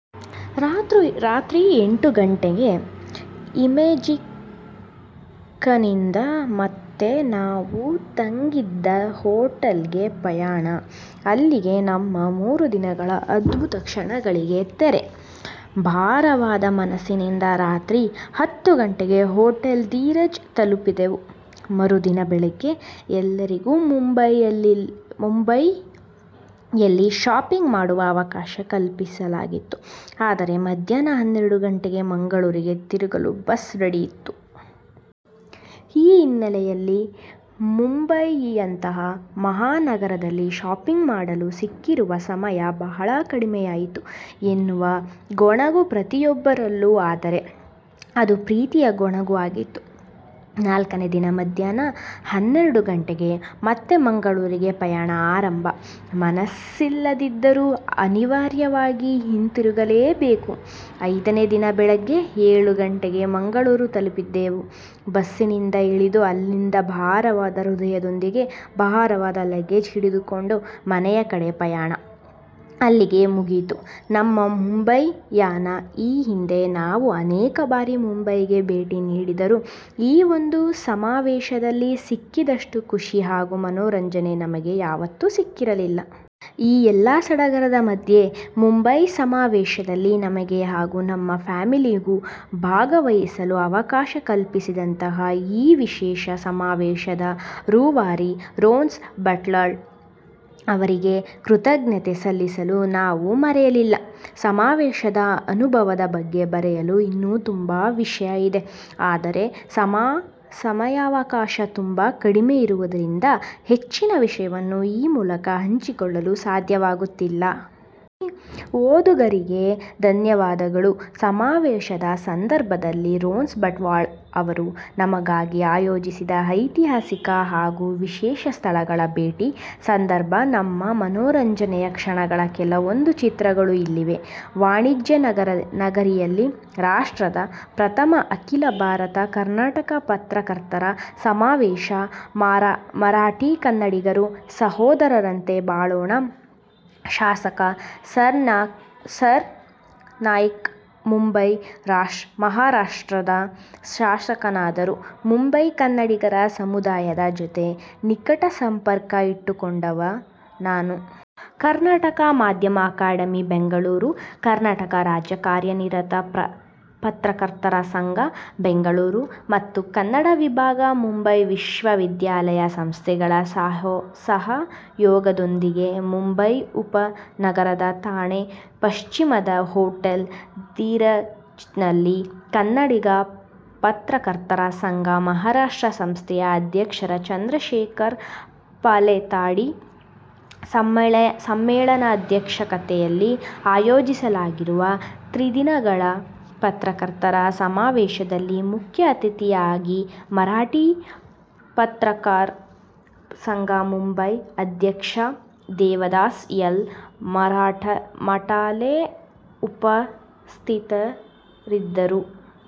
ರಾತ್ರಿ ಎಂಟು ಗಂಟೆಗೆ ಇಮೇಜಿಕದಿಂದ ಮತ್ತೆ ನಾವು ತಂಗಿದ್ದ ಹೊಟೇಲ್ಗೆ ಪಯಣ. ಅಲ್ಲಿಗೆ ನಮ್ಮ ಮೂರುದಿನಗಳ ಅದ್ಭುತ ಕ್ಷಣಗಳಿಗೆ ತೆರೆ. ಬಾರವಾದ ಮನಸ್ಸಿನಿಂದ ರಾತ್ರಿ ಹತ್ತು ಗಂಟೆಗೆ ಹೊಟೇಲ್ ಧೀರಜ್ ತಲುಪಿದೆವು ಮರುದಿನ ಬೆಳಿಗ್ಗೆ ಎಲ್ಲರಿಗೂ ಮುಂಬಾಯಿಯಲ್ಲಿ ಶಾಪಿಂಗ್ ಮಾಡುವ ಅವಕಾಶ ಕಲ್ಪಿಸಲಾಗಿತ್ತು ಆದರೆ ಮಧ್ಯಾಹ್ನ ಹನ್ನೆರಡು ಗಂಟೆಗೆ ಮಂಗಳೂರಿಗೆ ಹಿಂತಿರುಗಲು ಬಸ್ ರೆಡಿ ಇತ್ತು. ಈ ಹಿನ್ನೆಲೆಯಲ್ಲಿ ಮುಂಬಾಯಿಯಂತಹ ಮಹಾನಗರದಲ್ಲಿ ಶಾಪಿಂಗ್ ಮಾಡಲು ಸಿಕ್ಕಿರುವ ಸಮಯ ಬಹಳ ಕಡಿಮೆಯಾಯಿತು ಎನ್ನುವ ಗೊಣಗು ಪ್ರತಿಯೊಬ್ಬರಲ್ಲೂ ಆದರೆ ಅದು ಪ್ರೀತಿಯ ಗೊಣಗು ಆಗಿತ್ತು.. ನಾಲ್ಕನೆ ದಿನ ಮಧ್ಯಾಹ್ನ ಹನ್ನೆರಡು ಗಂಟೆಗೆ ಮತ್ತೆ ಮಂಗಳೂರಿಗೆ ಪಯಣ ಆರಂಭ ಮನಸ್ಸಿಲ್ಲದಿದ್ದರೂ ಅನಿವಾರ್ಯವಾಗಿ ಹಿಂತಿರುಗಲೇ ಬೇಕು ಐದನೇ ದಿನ ಬೆಳಿಗ್ಗೆ ಏಳು ಗಂಟೆಗೆ ಮಂಗಳೂರು ತಲುಪಿದೆವು ಬಸ್ಸಿನಿಂದ ಇಳಿದು ಅಲ್ಲಿಂದ ಭಾರವಾದ ಹೃದಯದೊಂದಿಗೆ ಭಾರವಾದ ಲಗೇಜ್ ಹಿಡಿದುಕೊಂಡು ಮನೆಯ ಕಡೆ ಪಯಣ ಅಲ್ಲಿಗೆ ಮುಗಿಯಿತು ನಮ್ಮ ಮುಂಬಯಿ ಯಾನ ಈ ಹಿಂದೆ ನಾವು ಅನೇಕ ಬಾರಿ ಮುಂಬಯಿಗೆ ಬೇಟಿ ನೀಡಿದ್ದರೂ ಈ ಒಂದು ಸಮಾವೇಶದಲ್ಲಿ ಸಿಕ್ಕಿದಷ್ಟು ಖುಷಿ ಹಾಗೂ ಮನೋರಂಜನೆ ನಮಗೆ ಯಾವತ್ತೂ ಸಿಕ್ಕಿರಲಿಲ್ಲ. ಈ ಎಲ್ಲಾ ಸಡಗರದ ಮಧ್ಯೆ ಮುಂಬಯಿ ಸಮಾವೇಶದಲ್ಲಿ ನಮಗೆ ಹಾಗೂ ನಮ್ಮ ಫ್ಯಾಮಿಲಿಗೂ ಭಾಗವಹಿಸಲು ಅವಕಾಶ ಕಲ್ಪಿಸಿದಂತಹ ಈ ವಿಶೇಷ ಸಮಾವೇಶದ ರೂವಾರಿ ರೋನ್ಸ್ ಬಂಟ್ವಾಳ್ ಅವರಿಗೆ ಕೃತಜ್ಞತೆ ಸಲ್ಲಿಸಲು ನಾವು ಮರೆಯಲಿಲ್ಲ. ಸಮಾವೇಶದ ಅನುಭವದ ಬಗ್ಗೆ ಬರೆಯಲು ಇನ್ನೂ ತುಂಬಾ ವಿಷಯವಿದೆ. ಆದರೆ ಸಮಯಾವಕಾಶ ತುಂಬ ಕಡಿಮೆ ಇರುವುದರಿಂದ ಹೆಚ್ಚಿನ ವಿಷಯವನ್ನು ಈ ಮೂಲಕ ಹಂಚಿಕೊಳ್ಳಲು ಸಾದ್ಯವಾಗುತಿಲ್ಲ. ಓದುಗರಿಗೆ ಧನ್ಯವಾದಗಳು. ಸಮಾವೇಶದ ಸಂದರ್ಭದಲ್ಲಿ ರೋನ್ಸ್ ಬಂಟ್ವಾಳ್ ಅವರು ನಮಗಾಗಿ ಅಯೋಜಿಸಿದ ಐತಿಹಾಸಿಕ ಹಾಗೂ ವಿಶೇಷ ಸ್ಥಳಗಳ ಬೇಟಿ ಸಂದರ್ಭ ನಮ್ಮ ಮನೋರಂಜನೆಯ ಕ್ಷಣಗಳ ಕೆಲವೊಂದು ಚಿತ್ರಗಳು ಇಲ್ಲಿವೆ. ವಾಣಿಜ್ಯ ನಗರಿಯಲ್ಲಿ ರಾಷ್ಟ್ರದ ಪ್ರಥಮ ಅಖಿಲ ಭಾರತ ಕನ್ನಡ ಪತ್ರಕರ್ತರ ಸಮಾವೇಶ: ಮರಾಠಿ-ಕನ್ನಡಿಗರು ಸಹೋದರರಂತೆ ಬಾಳೋಣ: ಶಾಸಕ ಸರ್ನಾಯ್ಕ್ ಮುಂಬಯಿ: ಮಹಾರಾಷ್ಟ್ರದ ಶಾಸಕನಾದರೂ ಮುಂಬಯಿ ಕನ್ನಡಿಗರ ಸಮುದಾಯದ ಜೊತೆ ನಿಕಟ ಸಂಪರ್ಕ ಇಟ್ಟು ಕೊಂಡವ ನಾನು. ಕರ್ನಾಟಕ ಮಾಧ್ಯಮ ಅಕಾಡೆಮಿ ಬೆಂಗಳೂರು, ಕರ್ನಾಟಕ ರಾಜ್ಯ ಕಾರ್ಯನಿರತ ಪತ್ರಕರ್ತರ ಸಂಘ ಬೆಂಗಳೂರು ಮತ್ತು ಕನ್ನಡ ವಿಭಾಗ ಮುಂಬಯಿ ವಿಶ್ವವಿದ್ಯಾಲಯ ಸಂಸ್ಥೆಗಳ ಸಹಯೋಗದೊಂದಿಗೆ ಮುಂಬಯಿ ಉಪನಗರದ ಥಾಣೆ ಪಶ್ಚಿಮದ ಹೊಟೇಲ್ ಧೀರಜ್ನಲ್ಲಿ ಕನ್ನಡಿಗ ಪತ್ರಕರ್ತರ ಸಂಘ ಮಹಾರಾಷ್ಟ್ರ ಸಂಸ್ಥೆಯ ಅಧ್ಯಕ್ಷ ಚಂದ್ರಶೇಖರ ಪಾಲೆತ್ತಾಡಿ ಸಮ್ಮೇಳನಾಧ್ಯಕ್ಷತೆಯಲ್ಲಿ ಆಯೋಜಿಸಲಾಗಿರುವ ತ್ರಿದಿನಗಳ ಪತ್ರಕರ್ತರ ಸಮಾವೇಶದಲ್ಲಿ ಮುಖ್ಯ ಅತಿಥಿಯಾಗಿ ಮರಾಠಿ ಪತ್ರಕಾರ್ ಸಂಘ ಮುಂಬಯಿ ಅಧ್ಯಕ್ಷ ದೇವದಾಸ್ ಎಲ್. ಮಠಾಲೆ ಉಪಸ್ಥಿತರಿದ್ದರು.